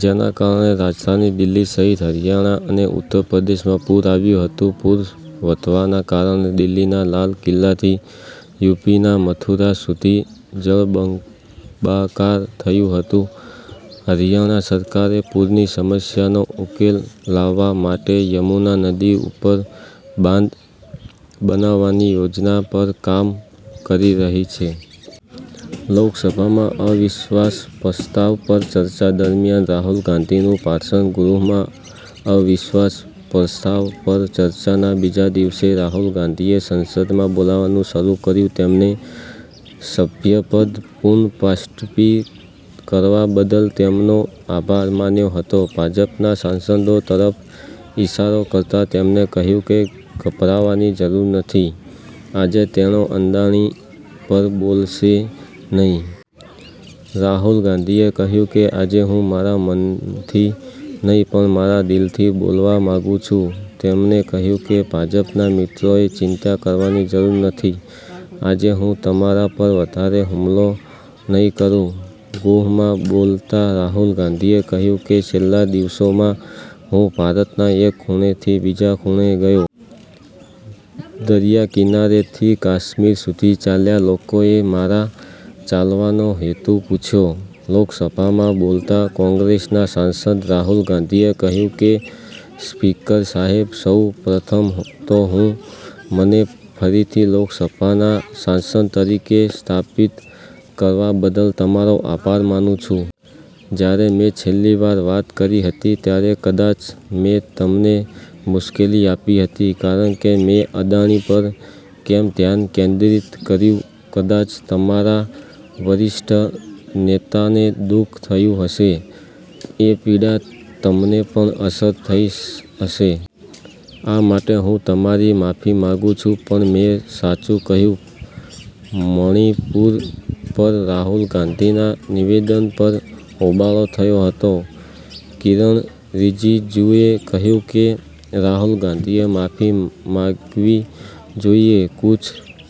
જેના કારણે રાજધાની દિલ્હી સહિત હરિયાણા અને ઉત્તર પ્રદેશમાં પુર આવ્યું હતું. પૂર વધવાના કારણે દિલ્હીના લાલ કિલ્લાથી યુપીના મથુરા સુધી જળબંબાકાર થયું હતું. હરિયાણા સરકારે પૂરની સમસ્યાનો ઉકેલ લાવવા માટે યમુના નદી ઉપર બાંધ બનાવવાની યોજના પર કામ કરી રહી છે. લોકસભામાં અવિશ્વાસ પ્રસ્તાવ પર ચર્ચા દરમિયાન રાહુલ ગાંધીનું ભાષણ. ગૃહમાં અવિશ્વાસ પ્રસ્તાવ પર ચર્ચાના બીજા દિવસે રાહુલ ગાંધીએ સંસદમાં બોલવાનું શરૂ કર્યું. તેમણે સભ્યપદ પુનઃસ્થાપિત કરવા બદલ તેમનો આભાર માન્યો હતો. ભાજપના સાંસદો તરફ ઈશારો કરતા તેમણે કહ્યું કે ગભરાવાની જરૂર નથી, આજે તેઓ અદાણી પર બોલશે નહીં. રાહુલ ગાંધીએ કહ્યું કે આજે હું મારા મનથી નહીં પણ મારા દિલથી બોલવા માંગુ છું. તેમણે કહ્યું કે ભાજપના મિત્રોએ ચિંતા કરવાની જરૂર નથી, આજે હું તમારા પર વધારે હુમલો નહીં કરું. ગૃહમાં બોલતા રાહુલ ગાંધીએ કહ્યું કે છેલ્લા દિવસોમાં હું ભારતના એક ખૂણેથી બીજા ખૂણે ગયો. દરિયાકિનારેથી કાશ્મીર સુધી ચાલ્યા. લોકોએ મારા ચાલવાનો હેતુ પૂછ્યો. લોકસભામાં બોલતા કોંગ્રેસના સાંસદ રાહુલ ગાંધીએ કહ્યું કે સ્પીકર સાહેબ, સૌ પ્રથમ તો હું મને ફરીથી લોકસભાના સાંસદ તરીકે સ્થાપિત કરવા બદલ તમારો આભાર માનું છું. જ્યારે મેં છેલ્લી વાર વાત કરી હતી ત્યારે કદાચ મેં તમને મુશ્કેલી આપી હતી કારણ કે મેં અદાણી પર કેમ ધ્યાન કેન્દ્રિત કર્યું કદાચ તમારા વરિષ્ઠ નેતાને દુઃખ થયું હશે. એ પીડા તમને પણ અસર થઈ હશે. આ માટે હું તમારી માફી માંગુ છું પણ મેં સાચું કહ્યું. મણિપુર પર રાહુલ ગાંધીના નિવેદન પર હોબાળો થયો હતો, કિરણ રિજિજુએ કહ્યું કે, રાહુલ ગાંધીએ માફી માંગવી જોઈએ. "કુછ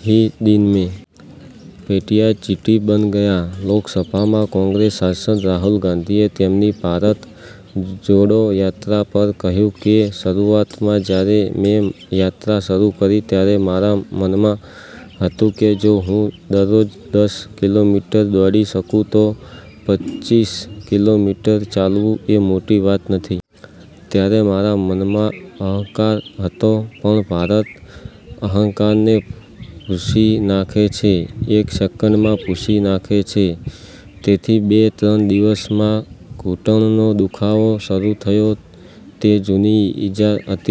હી દીન મે ભેડિયા ચીટી બન ગયા": લોકસભામાં કોંગ્રેસ સાંસદ રાહુલ ગાંધીએ તેમની ભારત જોડો યાત્રા પર કહ્યું કે, શરૂઆતમાં જ્યારે મેં યાત્રા શરૂ કરી ત્યારે મારા મનમાં હતું કે, જો હું દરરોજ દસ કિલોમીટર દોડી શકું તો પચ્ચીસ કિલોમીટર ચાલવું એ મોટી વાત નથી. ત્યારે મારા મનમાં અહંકાર હતો, પણ ભારત અહંકારને ભૂંસી નાખે છે, એક સેકન્ડમાં ભૂંસી નાખે છે. તેથી બે-ત્રણ દિવસમાં ઘૂંટણનો દુખાવો શરૂ થયો, તે જૂની ઈજા હતી.